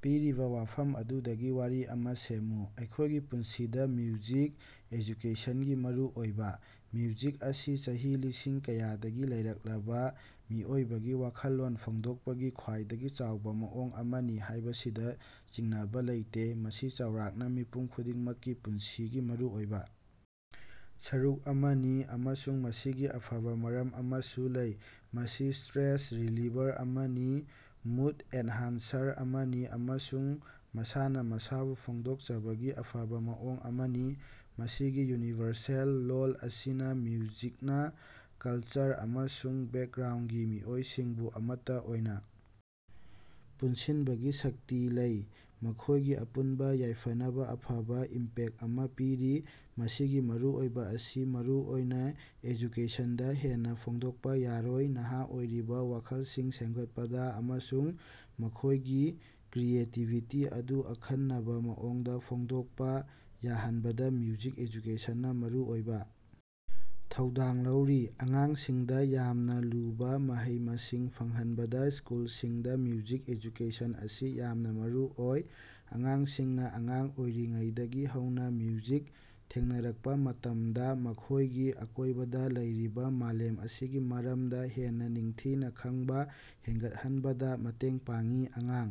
ꯄꯤꯔꯤꯕ ꯋꯥꯐꯝ ꯑꯗꯨꯗꯒꯤ ꯋꯥꯔꯤ ꯑꯃꯥ ꯁꯦꯝꯃꯨ꯫ ꯑꯩꯈꯣꯏꯒꯤ ꯄꯨꯟꯁꯤꯗ ꯃ꯭ꯌꯨꯖꯤꯛ ꯑꯦꯖꯨꯀꯦꯁꯟꯒꯤ ꯃꯔꯨꯑꯣꯏꯕ꯫ ꯃ꯭ꯌꯨꯖꯤꯛ ꯑꯁꯤ ꯆꯍꯤ ꯂꯤꯁꯤꯡ ꯀꯌꯥꯗꯒꯤ ꯂꯩꯔꯛꯂꯕ ꯃꯤꯑꯣꯏꯕꯒꯤ ꯋꯥꯈꯜꯂꯣꯟ ꯐꯣꯡꯗꯣꯛꯄꯒꯤ ꯈ꯭ꯋꯥꯏꯗꯒꯤ ꯆꯥꯎꯕ ꯃꯑꯣꯡ ꯑꯃꯅꯤ ꯍꯥꯏꯕꯁꯤꯗ ꯆꯤꯡꯅꯕ ꯂꯩꯇꯦ꯫ ꯃꯁꯤ ꯆꯥꯎꯔꯥꯛꯅ ꯃꯤꯄꯨꯝ ꯈꯨꯗꯤꯡꯃꯛꯀꯤ ꯄꯨꯟꯁꯤꯒꯤ ꯃꯔꯨꯑꯣꯏꯕ ꯁꯔꯨꯛ ꯑꯃꯅꯤ, ꯑꯃꯁꯨꯡ ꯃꯁꯤꯒꯤ ꯑꯐꯕ ꯃꯔꯝ ꯑꯃꯁꯨ ꯂꯩ꯫ ꯃꯁꯤ ꯁ꯭ꯇꯔꯦꯁ ꯔꯤꯂꯤꯚꯔ ꯑꯃꯅꯤ, ꯃꯨꯗ ꯑꯦꯟꯍꯥꯟꯁꯔ ꯑꯃꯅꯤ ꯑꯃꯁꯨꯡ ꯃꯁꯥꯅ ꯃꯁꯥꯕꯨ ꯐꯣꯡꯗꯣꯛꯆꯕꯒꯤ ꯑꯐꯕ ꯃꯑꯣꯡ ꯑꯃꯅꯤ꯫ ꯃꯁꯤꯒꯤ ꯌꯨꯅꯤꯚꯔꯁꯦꯜ ꯂꯣꯜ ꯑꯁꯤꯅ ꯃ꯭ꯌꯨꯖꯤꯛꯅ ꯀꯜꯆꯔ ꯑꯃꯁꯨꯡ ꯕꯦꯛꯒ꯭ꯔꯥꯎꯟꯒꯤ ꯃꯤꯑꯣꯏꯁꯤꯡꯕꯨ ꯑꯃꯠꯇ ꯑꯣꯏꯅ ꯄꯨꯟꯁꯤꯟꯕꯒꯤ ꯁꯛꯇꯤ ꯂꯩ, ꯃꯈꯣꯏꯒꯤ ꯑꯄꯨꯟꯕ ꯌꯥꯏꯐꯅꯕ ꯑꯐꯕ ꯏꯝꯄꯦꯛ ꯑꯃꯥ ꯄꯤꯔꯤ꯫ ꯃꯁꯤꯒꯤ ꯃꯔꯨꯑꯣꯏꯕ ꯑꯁꯤ ꯃꯔꯨꯑꯣꯏꯅ ꯑꯦꯖꯨꯀꯦꯁꯟꯗ ꯍꯦꯟꯅ ꯐꯣꯡꯗꯣꯛꯄ ꯌꯥꯔꯣꯏ꯫ ꯅꯍꯥ ꯑꯣꯏꯔꯤꯕ ꯋꯥꯈꯜꯁꯤꯡ ꯁꯦꯝꯒꯠꯄꯗ ꯑꯃꯁꯨꯡ ꯃꯈꯣꯏꯒꯤ ꯀ꯭ꯔꯤꯌꯦꯇꯤꯕꯤꯇꯤ ꯑꯗꯨ ꯑꯈꯟꯅꯕ ꯃꯑꯣꯡꯗ ꯐꯣꯡꯗꯣꯛꯄ ꯌꯥꯍꯟꯕꯗ ꯃ꯭ꯌꯨꯖꯤꯛ ꯑꯦꯖꯨꯀꯦꯁꯟꯅ ꯃꯔꯨꯑꯣꯏꯕ ꯊꯧꯗꯥꯡ ꯂꯧꯔꯤ꯫ ꯑꯉꯥꯡꯁꯤꯡꯗ ꯌꯥꯝꯅ ꯂꯨꯕ ꯃꯍꯩ-ꯃꯁꯤꯡ ꯐꯪꯍꯟꯕꯗ ꯁ꯭ꯀꯨꯜꯁꯤꯡꯗ ꯃ꯭ꯌꯨꯖꯤꯛ ꯑꯦꯖꯨꯀꯦꯁꯟ ꯑꯁꯤ ꯌꯥꯝꯅ ꯃꯔꯨꯑꯣꯏ꯫ ꯑꯉꯥꯡꯁꯤꯡꯅ ꯑꯉꯥꯡ ꯑꯣꯏꯔꯤꯉꯩꯗꯒꯤ ꯍꯧꯅ ꯃ꯭ꯌꯨꯖꯤꯛꯇ ꯊꯦꯡꯅꯔꯛꯄ ꯃꯇꯝꯗ, ꯃꯈꯣꯏꯒꯤ ꯑꯀꯣꯏꯕꯗ ꯂꯩꯔꯤꯕ ꯃꯥꯂꯦꯝ ꯑꯁꯤꯒꯤ ꯃꯔꯝꯗ ꯍꯦꯟꯅ ꯅꯤꯡꯊꯤꯅ ꯈꯪꯕ ꯍꯦꯟꯒꯠꯍꯟꯕꯗ ꯃꯇꯦꯡ ꯄꯥꯡꯏ꯫ ꯑꯉꯥꯡ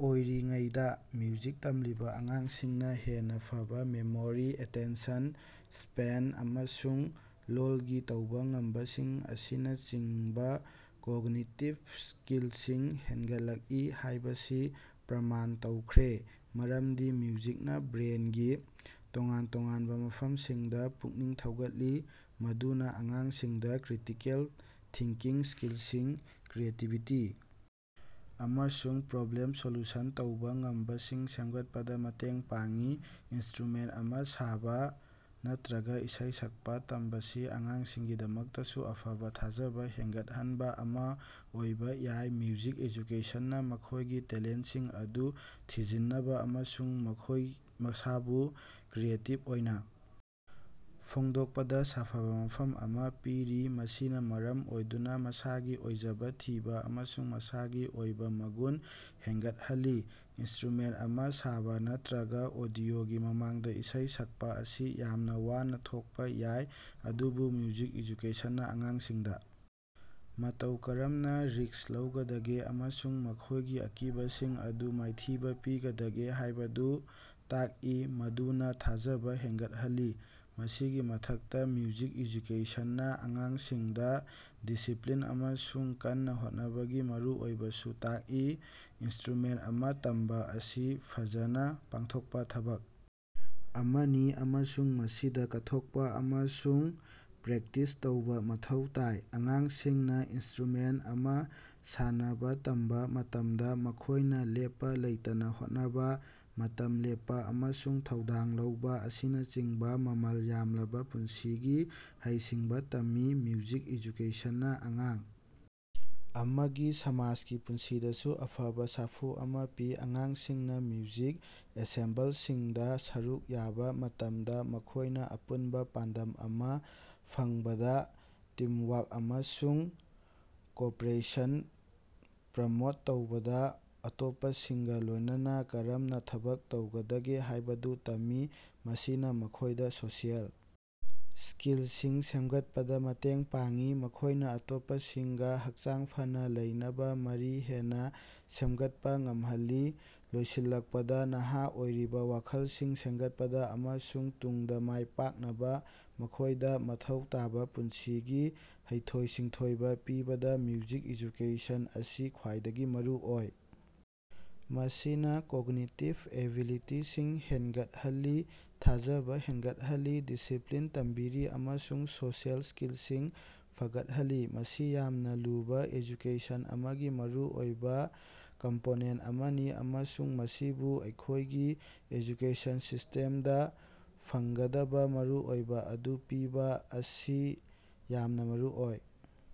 ꯑꯣꯏꯔꯤꯉꯩꯗꯥ ꯃ꯭ꯌꯨꯖꯤꯛ ꯇꯝꯂꯤꯕ ꯑꯉꯥꯡꯁꯤꯡꯅ ꯍꯦꯟꯅ ꯐꯕꯥ ꯃꯦꯃꯣꯔꯤ, ꯑꯦꯇꯦꯟꯁꯟ ꯁ꯭ꯄꯦꯟ, ꯑꯃꯁꯨꯡ ꯂꯣꯜꯒꯤ ꯇꯧꯕ ꯉꯝꯕꯁꯤꯡ ꯑꯁꯤꯅꯆꯤꯡꯕ ꯀꯣꯒꯅꯤꯇꯤꯚ ꯁ꯭ꯀꯤꯜꯁꯤꯡ ꯍꯦꯟꯒꯠꯂꯛꯏ ꯍꯥꯏꯕꯁꯤ ꯄ꯭ꯔꯃꯥꯟ ꯇꯧꯈ꯭ꯔꯦ꯫ ꯃꯔꯝꯗꯤ ꯃ꯭ꯌꯨꯖꯤꯛꯅ ꯕ꯭ꯔꯦꯟꯒꯤ ꯇꯣꯉꯥꯟ-ꯇꯣꯉꯥꯟꯕ ꯃꯐꯝꯁꯤꯡꯗ ꯄꯨꯛꯅꯤꯡ ꯊꯧꯒꯠꯂꯤ, ꯃꯗꯨꯅ ꯑꯉꯥꯡꯁꯤꯡꯗ ꯀ꯭ꯔꯤꯇꯤꯀꯦꯜ ꯊꯤꯡꯀꯤꯡ ꯁ꯭ꯀꯤꯜꯁꯤꯡ, ꯀ꯭ꯔꯤꯌꯦꯇꯤꯚꯤꯇꯤ ꯑꯃꯁꯨꯡ ꯄ꯭ꯔꯣꯕ꯭ꯂꯦꯝ ꯁꯣꯜꯌꯨꯁꯟ ꯇꯧꯕ ꯉꯝꯕꯁꯤꯡ ꯁꯦꯝꯒꯠꯄꯗ ꯃꯇꯦꯡ ꯄꯥꯡꯏ꯫ ꯏꯟꯁ꯭ꯇꯔꯨꯃꯦꯟ ꯑꯃꯥ ꯁꯥꯕ ꯅꯠꯇꯔꯒ ꯏꯁꯩ ꯁꯛꯄ ꯇꯝꯕꯁꯤ ꯑꯉꯥꯡꯁꯤꯡꯒꯤꯗꯃꯛꯇꯁꯨ ꯑꯐꯕ ꯊꯥꯖꯕ ꯍꯦꯟꯒꯠꯍꯟꯕ ꯑꯃꯥ ꯑꯣꯏꯕ ꯌꯥꯏ꯫ ꯃ꯭ꯌꯨꯖꯤꯛ ꯑꯦꯖꯨꯀꯦꯁꯟꯅ ꯃꯈꯣꯏꯒꯤ ꯇꯦꯂꯦꯟꯁꯤꯡ ꯑꯗꯨ ꯊꯤꯖꯤꯟꯅꯕ ꯑꯃꯁꯨꯡ ꯃꯈꯣꯏ ꯃꯁꯥꯕꯨ ꯀ꯭ꯔꯤꯌꯦꯇꯤꯕ ꯑꯣꯏꯅ ꯐꯣꯡꯗꯣꯛꯄꯗ ꯁꯥꯐꯕ ꯃꯐꯝ ꯑꯃ ꯄꯤꯔꯤ, ꯃꯁꯤꯅ ꯃꯔꯝ ꯑꯣꯏꯗꯨꯅ ꯃꯁꯥꯒꯤ ꯑꯣꯏꯖꯕ ꯊꯤꯕ ꯑꯃꯁꯨꯡ ꯃꯁꯥꯒꯤ ꯑꯣꯏꯕ ꯃꯒꯨꯟ ꯍꯦꯟꯒꯠꯍꯜꯂꯤ꯫ ꯏꯟꯁꯇ꯭ꯔꯨꯃꯦꯟ ꯑꯃꯥ ꯁꯥꯕ ꯅꯠꯇꯔꯒ ꯑꯣꯗꯤꯑꯣꯒꯤ ꯃꯃꯥꯡꯗ ꯏꯁꯩ ꯁꯛꯄ ꯑꯁꯤ ꯌꯥꯝꯅ ꯋꯥꯅ ꯊꯣꯛꯄ ꯌꯥꯏ, ꯑꯗꯨꯕꯨ ꯃ꯭ꯌꯨꯖꯤꯛ ꯑꯦꯖꯨꯀꯦꯁꯟꯅ ꯑꯉꯥꯡꯁꯤꯡꯗ ꯃꯇꯧ ꯀꯔꯝꯅ ꯔꯤꯁ꯭ꯛ ꯂꯧꯒꯗꯒꯦ ꯑꯃꯁꯨꯡ ꯃꯈꯣꯏꯒꯤ ꯑꯀꯤꯕꯁꯤꯡ ꯑꯗꯨ ꯃꯥꯏꯊꯤꯕ ꯄꯤꯒꯗꯒꯦ ꯍꯥꯏꯕꯗꯨ ꯇꯥꯛꯏ, ꯃꯗꯨꯅ ꯊꯥꯖꯕ ꯍꯦꯟꯒꯠꯍꯜꯂꯤ꯫ ꯃꯁꯤꯒꯤ ꯃꯊꯛꯇ, ꯃ꯭ꯌꯨꯖꯤꯛ ꯑꯦꯖꯨꯀꯦꯁꯟꯅ ꯑꯉꯥꯡꯁꯤꯡꯗ ꯗꯤꯁꯤꯄ‌꯭ꯂꯤꯟ ꯑꯃꯁꯨꯡ ꯀꯟꯅ ꯍꯣꯠꯅꯕꯒꯤ ꯃꯔꯨꯑꯣꯏꯕꯁꯨ ꯇꯥꯛꯏ꯫ ꯏꯟꯁ꯭ꯇꯔꯨꯃꯦꯟ ꯑꯃꯥ ꯇꯝꯕ ꯑꯁꯤ ꯐꯖꯅ ꯄꯥꯡꯊꯣꯛꯄ ꯊꯕꯛ ꯑꯃꯅꯤ ꯑꯃꯁꯨꯡ ꯃꯁꯤꯗ ꯀꯠꯊꯣꯛꯄ ꯑꯃꯁꯨꯡ ꯄ꯭ꯔꯦꯛꯇꯤꯁ ꯇꯧꯕ ꯃꯊꯧ ꯇꯥꯏ꯫ ꯑꯉꯥꯡꯁꯤꯡꯅ ꯏꯟꯁ꯭ꯇꯔꯨꯃꯦꯟ ꯑꯃꯥ ꯁꯥꯟꯅꯕ ꯇꯝꯕ ꯃꯇꯝꯗ, ꯃꯈꯣꯏꯅ ꯂꯦꯞꯄ ꯂꯩꯇꯅ ꯍꯣꯠꯅꯕ, ꯃꯇꯝ ꯂꯦꯞꯄ ꯑꯃꯁꯨꯡ ꯊꯧꯗꯥꯡ ꯂꯧꯕ ꯑꯁꯤꯅꯆꯤꯡꯕ ꯃꯃꯜ ꯌꯥꯝꯂꯕ ꯄꯨꯟꯁꯤꯒꯤ ꯍꯩꯁꯤꯡꯕ ꯇꯝꯃꯤ꯫ ꯃ꯭ꯌꯨꯖꯤꯛ ꯑꯦꯖꯨꯀꯦꯁꯟꯅ ꯑꯉꯥꯡ ꯑꯃꯒꯤ ꯁꯃꯥꯖꯒꯤ ꯄꯨꯟꯁꯤꯗꯁꯨ ꯑꯐꯕ ꯁꯥꯐꯨ ꯑꯃꯥ ꯄꯤ꯫ ꯑꯉꯥꯡꯁꯤꯡꯅ ꯃ꯭ꯌꯨꯖꯤꯛ ꯑꯦꯟꯁꯦꯝꯕꯜꯁꯤꯡꯗ ꯁꯔꯨꯛ ꯌꯥꯕ ꯃꯇꯝꯗ, ꯃꯈꯣꯏꯅ ꯑꯄꯨꯟꯕ ꯄꯥꯟꯗꯝ ꯑꯃꯥ ꯐꯪꯕꯗ, ꯇꯤꯝꯋꯥꯔꯛ ꯑꯃꯁꯨꯡ ꯀꯣꯑꯣꯄꯔꯦꯁꯟ ꯄ꯭ꯔꯃꯣꯠ ꯇꯧꯕꯗ ꯑꯇꯣꯞꯄꯁꯤꯡꯒ ꯂꯣꯏꯅꯅꯥ ꯀꯔꯝꯅ ꯊꯕꯛ ꯇꯧꯒꯗꯒꯦ ꯍꯥꯏꯕꯗꯨ ꯇꯝꯃꯤ꯫ ꯃꯁꯤꯅ ꯃꯈꯣꯏꯗ ꯁꯣꯁꯤꯑꯦꯜ ꯁ꯭ꯀꯤꯜꯁꯤꯡ ꯁꯦꯝꯒꯠꯄꯗ ꯃꯇꯦꯡ ꯄꯥꯡꯏ, ꯃꯈꯣꯏꯅ ꯑꯇꯣꯞꯄꯁꯤꯡꯒ ꯍꯛꯆꯥꯡ ꯐꯅꯥ ꯂꯩꯅꯕ ꯃꯔꯤ ꯍꯦꯟꯅ ꯁꯦꯝꯒꯠꯄꯥ ꯉꯝꯍꯜꯂꯤ꯫ ꯂꯣꯏꯁꯤꯜꯂꯛꯄꯗ, ꯅꯍꯥ ꯑꯣꯏꯔꯤꯕꯥ ꯋꯥꯈꯜꯁꯤꯡ ꯁꯦꯝꯒꯠꯄꯗ ꯑꯃꯁꯨꯡ ꯇꯨꯡꯗ ꯃꯥꯏ ꯄꯥꯛꯅꯕ ꯃꯈꯣꯏꯗ ꯃꯊꯧ ꯇꯥꯕ ꯄꯨꯟꯁꯤꯒꯤ ꯍꯩꯊꯣꯏ-ꯁꯤꯡꯊꯣꯏꯕ ꯄꯤꯕꯗ ꯃ꯭ꯌꯨꯖꯤꯛ ꯑꯦꯖꯨꯀꯦꯁꯟ ꯑꯁꯤ ꯈ꯭ꯋꯥꯏꯗꯒꯤ ꯃꯔꯨꯑꯣꯏ꯫ ꯃꯁꯤꯅ ꯀꯣꯒꯅꯤꯇꯤꯚ ꯑꯦꯕꯤꯂꯤꯇꯤꯁꯤꯡ ꯍꯦꯟꯒꯠꯍꯜꯂꯤ, ꯊꯥꯖꯕ ꯍꯦꯟꯒꯠꯍꯜꯂꯤ, ꯗꯤꯁꯤꯄ꯭ꯂꯤꯟ ꯇꯝꯕꯤꯔꯤ ꯑꯃꯁꯨꯡ ꯁꯣꯁꯤꯑꯦꯜ ꯁ꯭ꯀꯤꯜꯁꯤꯡ ꯐꯒꯠꯍꯜꯂꯤ꯫ ꯃꯁꯤ ꯌꯥꯝꯅ ꯂꯨꯕ ꯑꯦꯖꯨꯀꯦꯁꯟ ꯑꯃꯒꯤ ꯃꯔꯨꯑꯣꯏꯕ ꯀꯝꯄꯣꯅꯦꯟ ꯑꯃꯅꯤ, ꯑꯃꯁꯨꯡ ꯃꯁꯤꯕꯨ ꯑꯩꯈꯣꯏꯒꯤ ꯑꯦꯖꯨꯀꯦꯁꯟ ꯁꯤꯁ꯭ꯇꯦꯝꯗ ꯐꯪꯒꯗꯕ ꯃꯔꯨꯑꯣꯏꯕ ꯑꯗꯨ ꯄꯤꯕ ꯑꯁꯤ ꯌꯥꯝꯅ ꯃꯔꯨꯑꯣꯏ꯫